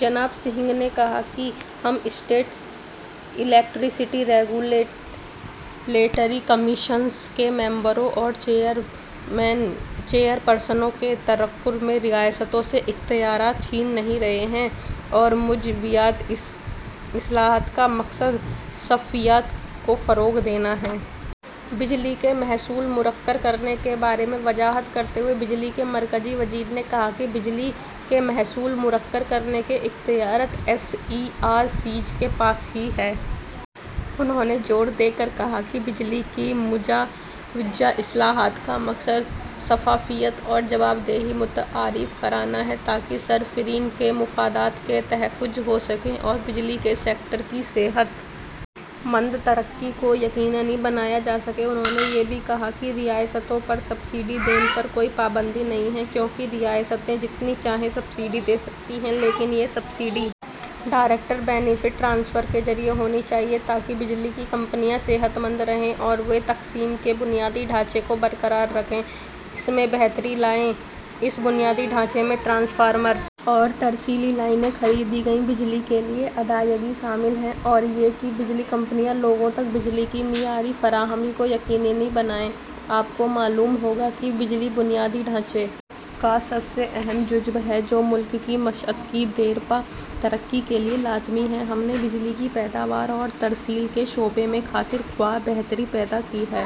جناب سنگھ نے کہا ہم اسٹیٹ الیکٹریسٹی ریگولیٹری کمیشنز کے ممبروں اور چیئرپرسنوں کے تقرر میں ریاستوں سے اختیارات چھین نہیں رہے ہیں اور مجوزہ اصلاحات کا مقصد شفافیت کو فروغ دینا ہے بجلی کے محصول مقرر کرنے کے بارے میں وضاحت کرتے ہوئے بجلی کے مرکزی وزیر نے کہا کہ بجلی کے محصول مقرر کرنے کے اختیارات ایس ای آر سیز کے پاس ہی ہیں انہوں نے زور دے کر کہا کہ بجلی کی مجوزہ اصلاحات کا مقصد شفافیت اور جوابدہی متعارف کرانا ہے تاکہ صارفین کے مفادات کا تحفظ ہو سکے اور بجلی کے سیکٹر کی صحت مند ترقی کو یقینی بنایا جا سکے انہوں نے یہ بھی کہا کہ ریاستوں پر سبسڈی دینے پر کوئی پابندی نہیں ہے کیونکہ ریاستیں جتنی چاہیں سبسڈی دے سکتی ہیں لیکن یہ سبسڈی ڈائریکٹ بینیفٹ ٹرانسفر کے ذریعے ہونی چاہیے تاکہ بجلی کی کمپنیاں صحت مند رہیں اور وہ تقسیم کے بنیادی ڈھانچے کو برقرار رکھیں اور اس میں بہتری لائیں اس بنیادی ڈھانچے میں ٹرانسفارمر اور ترسیلی لائنیں خریدی گئی بجلی کے لیے ادائیگی شامل ہے اور یہ کہ بجلی کمپنیاں لوگوں تک بجلی کی معیاری فراہمی کو یقینی بنائیں آپ کو معلوم ہوگا کہ بجلی بنیادی ڈھانچے کا سب سے اہم جزو ہے جو ملک کی معیشت کی دیرپا ترقی کے لیے لازمی ہے ہم نے بجلی کی پیداوار اور ترسیل کے شعبے میں خاطر خواہ بہتری پیدا کی ہے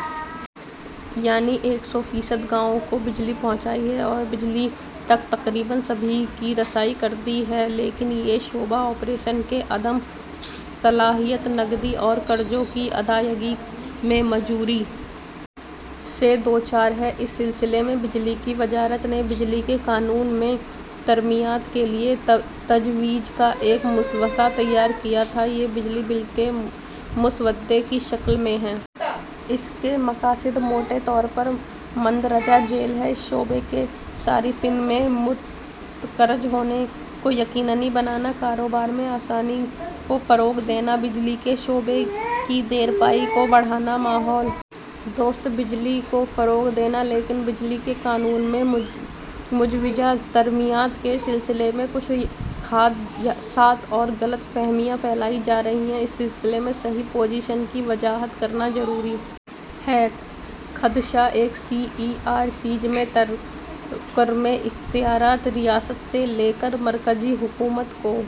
یعنی ایک سو فیصد گاؤں کو بجلی پہنچائی ہے اور بجلی تک تقریباً سبھی کی رسائی کر دی ہے لیکن یہ شعبہ آپریشن میں عدم صلاحیت نقدی اور قرضوں کی ادائیگی میں معذوری سے دوچار ہے اس سلسلے میں بجلی کی وزارت نے بجلی کے قانون میں ترمیمات کے لیے تجویز کا ایک مسودہ تیار کیا تھا یہ بجلی بل کے مسودے کی شکل میں ہے اس کے مقاصد موٹے طور پر مندرجہ ذیل ہیں اس شعبے کے صارفین پر مرتکز ہونے کو یقینی بنانا کاروبار میں آسانی کو فروغ دینا بجلی کے شعبے کی دیرپائی کو بڑھانا ماحول دوست بجلی کو فروغ دینا لیکن بجلی کے قانون میں مجوزہ ترمیمات کے سلسلے میں کچھ خدشات اور غلط فہمیاں پھیلائی جا رہی ہیں اس سلسلے میں صحیح پوزیشن کی وضاحت کرنا ضروری ہے خدشہ ایک سی ای آر سیز میں تقرر کے اختیارات ریاست سے لے کر مرکزی حکومت کو